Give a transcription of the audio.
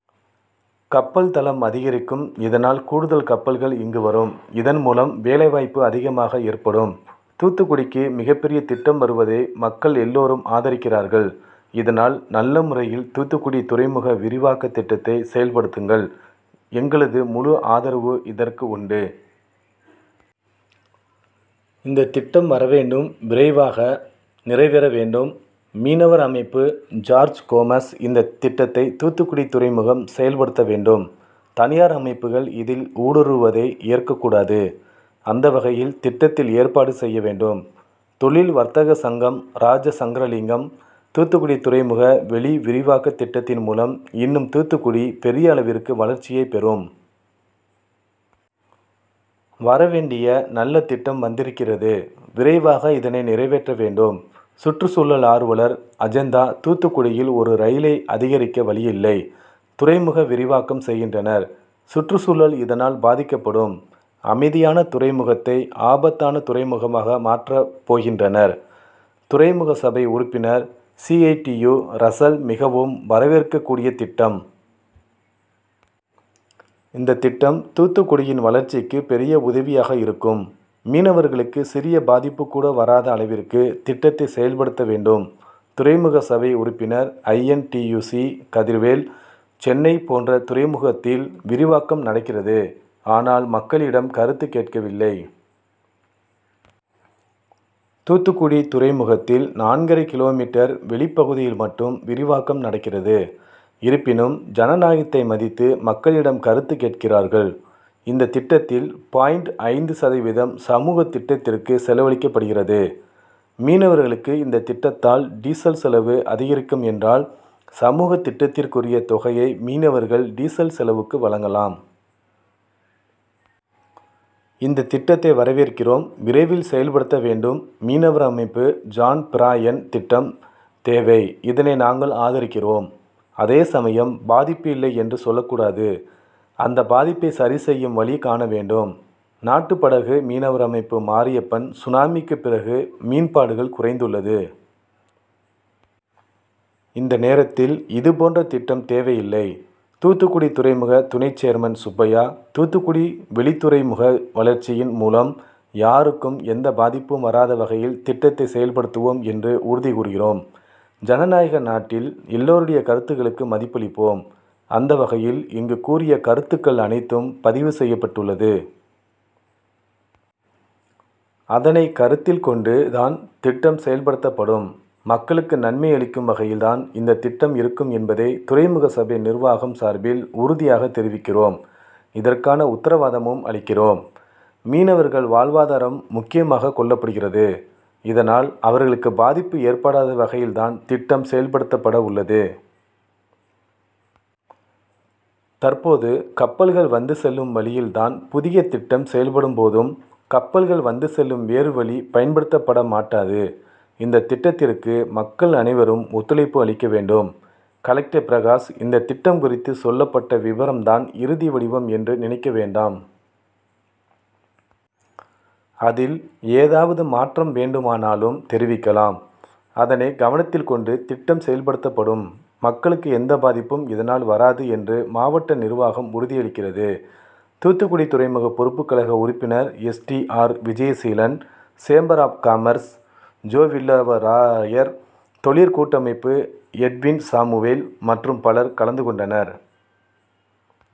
கப்பல்தளம் அதிகரிக்கும். இதனால் கூடுதல் கப்பல்கள் இங்கு வரும். இதன் மூலம் வேலைவாய்ப்பு அதிகமாக ஏற்படும். தூத்துக்குடிக்கு மிகப் பெரிய திட்டம் வருவதை மக்கள் எல்லோரும் ஆதரிக்கிறார்கள். இதனால் நல்ல முறையில் தூத்துக்குடி துறைமுக விரிவாக்க திட்டத்தை செயல்படுத்துங்கள். எங்களுது முழு ஆதரவு இதற்கு உண்டு. இந்த திட்டம் வர வேண்டும். விரைவாக நிறைவேற வேண்டும். மீனவர் அமைப்பு ஜார்ஸ் கோமஸ் இந்த திட்டத்தை தூத்துக்குடி துறைமுகம் செயல்படுத்த வேண்டும். தனியார் அமைப்புகள் இதில் ஊடுறுவதை ஏற்க கூடாது. அந்த வகையில் திட்டத்தில் ஏற்பாடு செய்ய வேண்டும். தொழில் வர்த்தக சங்கம் ராஜாசங்கரலிங்கம்; தூத்துக்குடி துறைமுக வெளி விரிவாக்க திட்டத்தின் மூலம் இன்னும் தூத்துக்குடி பெரிய அளவிற்கு வளர்ச்சியை பெரும். வரவேண்டிய நல்ல திட்டம் வந்திருக்கிறது. விரைவாக இதனை நிறைவேற்ற வேண்டும். சுற்றுச்சூழல் ஆர்வலர் அஜெந்தா தூத்துக்குடியில் ஒரு ரயிலை அதிகரிக்க வழியில்லை. துறைமுக விரிவாக்கம் செய்கின்றனர். சுற்றுச்சூழல் இதனால் பாதிக்கப்படும். அமைதியான துறைமுகத்தை ஆபத்தான துறைமுகமாக மாற்றப் போகின்றனர். துறைமுகசபை உறுப்பினர் சிஐடியு ரசல் மிகவும் வரவேற்க கூடிய திட்டம். இந்த திட்டம் தூத்துக்குடியின் வளர்ச்சிக்கு பெரிய உதவியாக இருக்கும். மீனவர்களுக்கு சிறிய பாதிப்பு கூட வராத அளவிற்கு திட்டத்தை செயல்படுத்த வேண்டும். துறைமுக சபை உறுப்பினர் I. N. T. U. C Kathirvel; Chennai போன்ற துறைமுகத்தில் விரிவாக்கம் நடக்கிறது. ஆனால் மக்களிடம் கருத்து கேட்கவில்லை. தூத்துக்குடி துறைமுகத்தில் நான்கரை கிலோ மீட்டர் வெளிப் பகுதியில் மட்டும் விரிவாக்கம் நடக்கிறது. இருப்பினும் ஜனநாயகத்தை மதித்து மக்களிடம் கருத்து கேட்கிறார்கள். இந்த திட்டத்தில் பாயிண்ட் ஐந்து சதவீதம் சமூக திட்டத்திற்கு செலவழிக்கப்படுகிறது. மீனவர்களுக்கு இந்த திட்டத்தால் டீசல் செலவு அதிகரிக்கும் என்றால் சமூக திட்டத்திற்குரிய தொகையை மீனவர்கள் டீசல் செலவுக்கு வழங்கலாம். இந்த திட்டத்தை வரவேற்கிறோம். விரைவில் செயல்படுத்த வேண்டும். மீனவர் அமைப்பு ஜான் பிராயன் திட்டம் தேவை. இதனை நாங்கள் ஆதரிக்கிறோம். அதே சமயம் பாதிப்பு இல்லை என்று சொல்லக் கூடாது. அந்த பாதிப்பை சரி செய்யும் வழி காண வேண்டும். நாட்டுபடகு மீனவர் அமைப்பு மாரியப்பன்; சுனாமிக்கு பிறகு மீன்பாடுகள் குறைந்துள்ளது. இந்த நேரத்தில் இது போன்ற திட்டம் தேவையில்லை. தூத்துக்குடி துறைமுக துணைச் சேர்மன் சுப்பையா; தூத்துக்குடி வெளித்துறைமுக வளர்ச்சியின் மூலம் யாருக்கும் எந்த பாதிப்பும் வராத வகையில் திட்டத்தை செயல்படுத்துவோம் என்று உறுதி கூறுகிறோம். ஜனநாயக நாட்டில் எல்லோருடைய கருத்துக்களுக்கு மதிப்பளிப்போம். அந்த வகையில் இங்கு கூறிய கருத்துக்கள் அனைத்தும் பதிவு செய்யப்பட்டுள்ளது. அதனை கருத்தில் கொண்டு தான் திட்டம் செயல்படுத்தப்படும். மக்களுக்கு நன்மை அளிக்கும் வகையில் தான் இந்த திட்டம் இருக்கும் என்பதை துறைமுகசபை நிர்வாகம் சார்பில் உறுதியாக தெரிவிக்கிறோம். இதற்கான உத்தரவாதமும் அளிக்கிறோம். மீனவர்கள் வாழ்வாதாரம் முக்கியமாக கொள்ளப்படுகிறது. இதனால் அவர்களுக்கு பாதிப்பு ஏற்படாத வகையில் தான் திட்டம் செயல்படுத்தப்பட உள்ளது. தற்போது கப்பல்கள் வந்து செல்லும் வழியில் தான் புதிய திட்டம் செயல்படும் போதும் கப்பல்கள் வந்து செல்லும். வேறு வழி பயன்படுத்தப்படமாட்டாது. இந்த திட்டத்திற்கு மக்கள் அனைவரும் ஒத்துழைப்பு அளிக்க வேண்டும். கலெக்டர் பிரகாஷ்; இந்த திட்டம் குறித்து சொல்லப்பட்ட விபரம் தான் இறுதி வடிவம் என்று நினைக்க வேண்டாம். அதில் ஏதாவது மாற்றம் வேண்டுமானாலும் தெரிவிக்கலாம். அதனை கவனத்தில் கொண்டு திட்டம் செயல்படுத்தப்படும். மக்களுக்கு எந்த பாதிப்பும் இதனால் வராது என்று மாவட்ட நிர்வாகம் உறுதியளிக்கிறது. தூத்துக்குடி துறைமுக பொறுப்புக்கழக உறுப்பினர் S. T. R. Vijayaseelan, chamber of commerce Jovillavarayar, தொழிற்கூட்டமைப்பு Edwin Samuel, மற்றும் பலர் கலந்து கொண்டனர்.